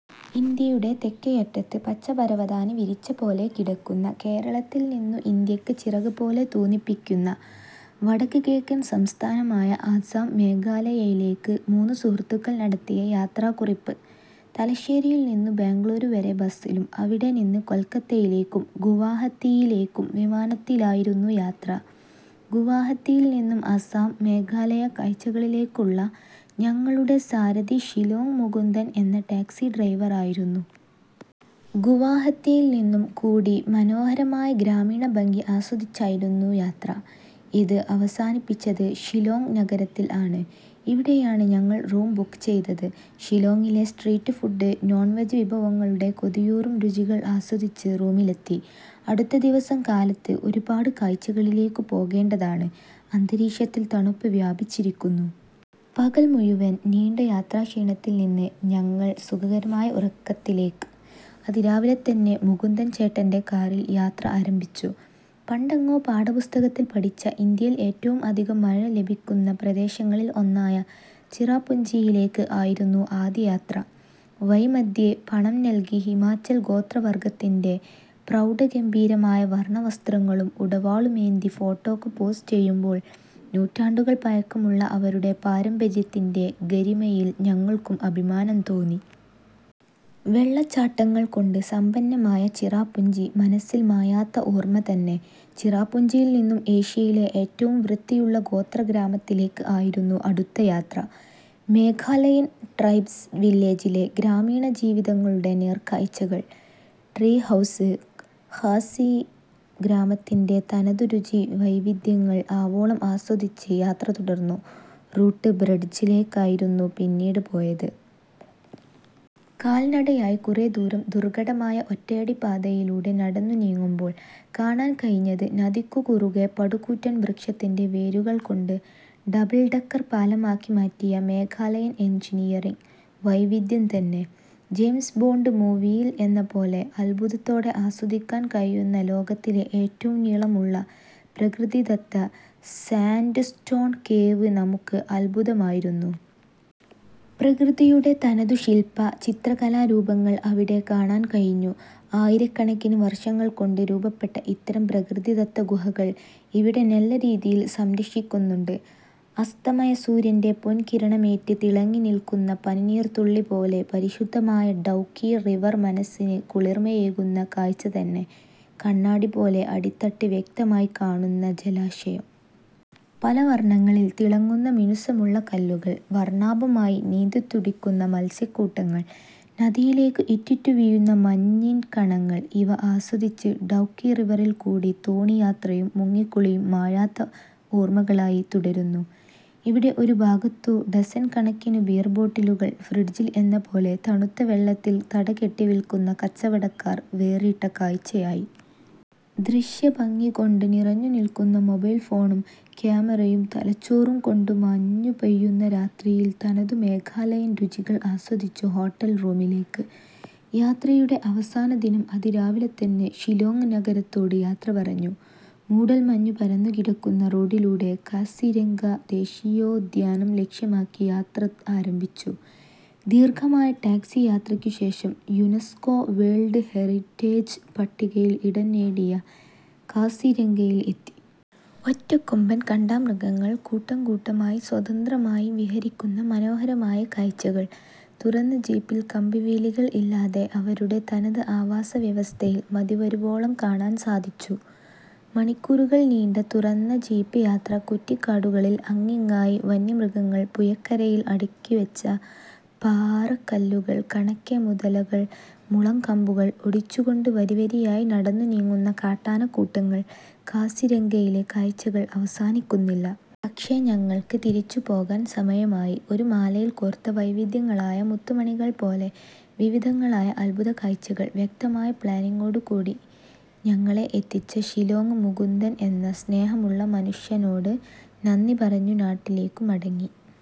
ഇന്ത്യയുടെ തെക്കേയറ്റത്ത് പച്ചപരവതാനി വിരിച്ച പോലെ കിടക്കുന്ന കേരളത്തിൽ നിന്നു ഇന്ത്യക്ക് ചിറക് പോലെ തോന്നിപ്പിക്കുന്ന വടക്ക് കിഴക്കൻ സംസ്ഥാനമായ അസം, മേഘാലയയിലേക്ക് മൂന്നുസുഹൃത്തുക്കൾ നടത്തിയ യാത്രാക്കുറിപ്പ്. തലശ്ശേരിയിൽനിന്നു ബെംഗളൂരു വരെ ബസിലും അവിടെ നിന്ന് കൊൽക്കത്തയിലേക്കും ഗുവാഹത്തിയിലേക്കും വിമാനത്തിലായിരുന്നു യാത്ര. ഗുവാഹത്തിയിൽനിന്നും അസാം, മേഘാലയ കാഴ്ചകളിലേക്കുള്ള ഞങ്ങളുടെ സാരഥി ഷിലോങ്ങ് മുകുന്ദൻ എന്ന ടാക്സി ഡ്രൈവറായിരുന്നു. ഗുവാഹത്തിയിൽ നിന്നും കൂടി മനോഹരമായ ഗ്രാമീണഭംഗി ആസ്വദിച്ചയാരുന്നു യാത്ര. ഇത് അവസാനിപ്പിച്ചത് ഷിലോങ്ങ് നഗരത്തിൽ ആണ്. ഇവിടെയാണ് ഞങ്ങൾ റൂം ബുക്ക് ചെയ്തത്. ഷിലോങ്ങിലെ സ്ട്രീറ്റ് ഫുഡ് നോൺ വെജ് വിഭവങ്ങളുടെ കൊതിയൂറും രുചികൾ ആസ്വദിച്ച് റൂമിലെത്തി. അടുത്ത ദിവസം കാലത്ത് ഒരുപാട് കാഴ്ചകളിലേക്കു പോകേണ്ടതാണ്, അന്തരീക്ഷത്തിൽ തണുപ്പ് വ്യാപിച്ചിരിക്കുന്നു. പകൽ മുഴുവൽ നീണ്ട യാത്രാക്ഷീണത്തിൽനിന്ന് ഞങ്ങൾ സുഖകരമായ ഉറക്കത്തിലേക്ക് അതിരാവിലെതന്നെ മുകുന്ദൻ ചേട്ടന്‍റെ കാറിൽ യാത്ര ആരംഭിച്ചു. പണ്ടെങ്ങോ പാഠപുസ്തകത്തിൽ പഠിച്ച ഇന്ത്യയിൽ ഏറ്റവും അധികം മഴ ലഭിക്കുന്ന പ്രദേശങ്ങളിൽ ഒന്നായ ചിറാപുഞ്ചിയിലേക്ക് ആയിരുന്നു ആദ്യ യാത്ര. വഴിമധ്യേ പണം നൽകി ഹിമാചൽ ഗോത്രവർഗ്ഗത്തിന്‍റെ പ്രൗഢഗംഭീരമായ വർണവസ്ത്രങ്ങളും ഉടവാളുമേന്തി ഫോട്ടോക്ക് പോസ് ചെയുമ്പോൾ നൂറ്റാണ്ടുകൾ പഴക്കമുള്ള അവരുടെ പാരമ്പര്യത്തിന്‍റെ ഗരിമയിൽ ഞങ്ങൾക്കും അഭിമാനം തോന്നി. വെള്ളച്ചാട്ടങ്ങൾകൊണ്ട് സമ്പന്നമായ ചിറാപുഞ്ചി മനസ്സിൽ മായാത്ത ഓർമ തന്നെ. ചിറാപുഞ്ചിയിൽനിന്നും ഏഷ്യയിലെ ഏറ്റവും വൃത്തിയുള്ള ഗോത്ര ഗ്രാമത്തിലേക്ക് ആയിരുന്നു അടുത്തയാത്ര. മേഘാലയൻ ട്രൈബ്സ് വില്ലേജിലെ ഗ്രാമീണ ജീവിതങ്ങളുടെ നേർക്കാഴ്ചകൾ, ട്രീ ഹൗസ്, ഖാസി ഗ്രാമത്തിന്‍റെ തനതുരുചി വൈവിദ്ധ്യങ്ങൾ ആവോളം ആസ്വദിച്ച് യാത്ര തുടർന്നു. റൂട്ട് ബ്രഡ്ജിലേക്കായിരുന്നു പിന്നീട്പോയത്. കാൽനടയായി കുറേദൂരം ദുർഘടമായ ഒറ്റയടി പാതയിലൂടെ നടന്നു നീങ്ങുമ്പോൾ കാണാൻ കഴിഞ്ഞത് നദിക്കുകുറുകെ പടുകൂറ്റൻ വൃക്ഷത്തിന്‍റെ വേരുകൾ കൊണ്ട് ഡബിൾഡക്കർ പാലമാക്കി മാറ്റിയ മേഘാലയൻ എൻജിനിയറിങ് വൈവിദ്ധ്യംതന്നെ. ജെയിംസ് ബോണ്ട് മൂവിയിൽ എന്നപോലെ അദ്ഭുതത്തോടെ ആസ്വദിക്കാൻ കഴിയുന്ന ലോകത്തിലെ ഏറ്റവും നീളമുള്ള പ്രകൃതിദത്ത സാൻഡ്സ്റ്റോൺ കേവ് നമ്മുക്ക് അദ്ഭുതമായിരുന്നു. പ്രകൃതിയുടെ തനതു ശിൽപ, ചിത്രകലാ രൂപങ്ങൾ അവിടെ കാണാൻ കഴിഞ്ഞു. ആയിരക്കണക്കിന് വർഷങ്ങൾ കൊണ്ട് രൂപപ്പെട്ട ഇത്തരം പ്രകൃതിദത്ത ഗുഹകൾ ഇവിടെ നല്ലരീതിയിൽ സംരക്ഷിക്കുന്നുണ്ട്. അസ്തമയ സൂര്യന്‍റെ പൊൻകിരണമേറ്റ് തിളങ്ങി നിൽക്കുന്ന പനിനീർതുള്ളി പോലെ പരിശുദ്ധമായ ഡൗക്കി റിവർ മനസിന് കുളിർമയേകുന്ന കാഴ്ച തന്നെ. കണ്ണാടിപോലെ അടിത്തട്ട് വ്യക്തമായി കാണുന്ന ജലാശയം. പലവർണ്ണങ്ങളിൽ തിളങ്ങുന്ന മിനുസമുള്ള കല്ലുകൾ, വർണാഭമായി നീന്തി തുടിക്കുന്ന മൽസ്യകൂട്ടങ്ങൾ, നദിയിലേക്കു ഇറ്റിറ്റു വീഴുന്ന മഞ്ഞിൻ കണങ്ങൾ ഇവ ആസ്വദിച്ച് ഡൗക്കി റിവറിൽകൂടി തോണി യാത്രയും മുങ്ങികുളിയും മായാത്ത ഓർമകളായി തുടരുന്നു. ഇവിടെ ഒരു ഭാഗത്തു ഡസൻകണക്കിന് ബിയർബോട്ടിലുകൾ ഫ്രിഡ്ജിൽ എന്നപോലെ തണുത്ത വെള്ളത്തിൽ തടകെട്ടി വിൽക്കുന്ന കച്ചവടക്കാർ വേറിട്ട കാഴ്ചയായി. ദൃശ്യ ഭംഗികൊണ്ട് നിറഞ്ഞു നിൽക്കുന്ന മൊബൈൽ ഫോണും, ക്യാമറയും തലച്ചോറുംകൊണ്ട് മഞ്ഞു പെയ്യുന്നരാത്രിയിൽ തനതു മേഘാലയൻ രുചികൾ ആസ്വദിച്ചു ഹോട്ടൽ റൂമിലേക്ക്. യാത്രയുടെ അവസാന ദിനം അതിരാവിലെതന്നെ ഷിലോങ്ങ് നഗരത്തോട് യാത്രപറഞ്ഞു. മൂടൽമഞ്ഞു പരന്നുകിടക്കുന്ന റോഡിലൂടെ കാസിരംഗ ദേശീയോദ്യാനം ലക്ഷ്യമാക്കി യാത്ര ആരംഭിച്ചു. ദീർഘമായ ടാക്സി യാത്രയ്ക്കുശേഷം, യൂനസ്കോ വേൾഡ് ഹെറിറ്റേജ് പട്ടികയിൽ ഇടംനേടിയ കാസിരംഗയിൽ എത്തി. ഒറ്റക്കൊമ്പൻ കാണ്ടാമൃഗങ്ങൾ കൂട്ടംകൂട്ടമായി സ്വതന്ത്രമായി വിഹരിക്കുന്ന മനോഹരമായ കാഴ്ച്ചകൾ, തുറന്ന ജീപ്പിൽ കമ്പിവേലികൾ ഇല്ലാതെ അവരുടെ തനത് ആവാസ വ്യവസ്ഥയിൽ മതിവരുവോളം കാണാൻ സാധിച്ചു. മണിക്കൂറുകൾനീണ്ട തുറന്ന ജീപ്പ് യാത്ര കുറ്റിക്കാടുകളിൽ അങ്ങിങ്ങായി വന്യമൃഗങ്ങൾ, പുഴക്കരയിൽ അടുക്കിവെച്ച പാറകല്ലുകൾ കണക്കെ മുതലകൾ, മുളംകമ്പുകൾ ഒടിച്ചുകൊണ്ട് വരിവരിയായി നടന്നു നീങ്ങുന്ന കാട്ടാനകൂട്ടങ്ങൾ, കാസിരംഗയിലെ കാഴ്ചകൾ അവസാനിക്കുന്നില്ല. പക്ഷേ ഞങ്ങൾക്ക് തിരിച്ചുപോകാൻ സമയമായി. ഒരു മാലയിൽ കോർത്ത വൈവിദ്ധ്യങ്ങളായ മുത്ത് മണികൾ പോലെ വിവിധങ്ങളായ അത്ഭുതകാഴ്ചൾ വ്യക്തമായ പ്ലാനിങ്ങോടുകൂടി ഞങ്ങളെ എത്തിച്ച ഷിലോങ്ങ് മുകുന്ദൻ എന്ന സ്നേഹമുള്ള മനുഷനോട് നന്ദി പറഞ്ഞു നാട്ടിലേക്കു മടങ്ങി.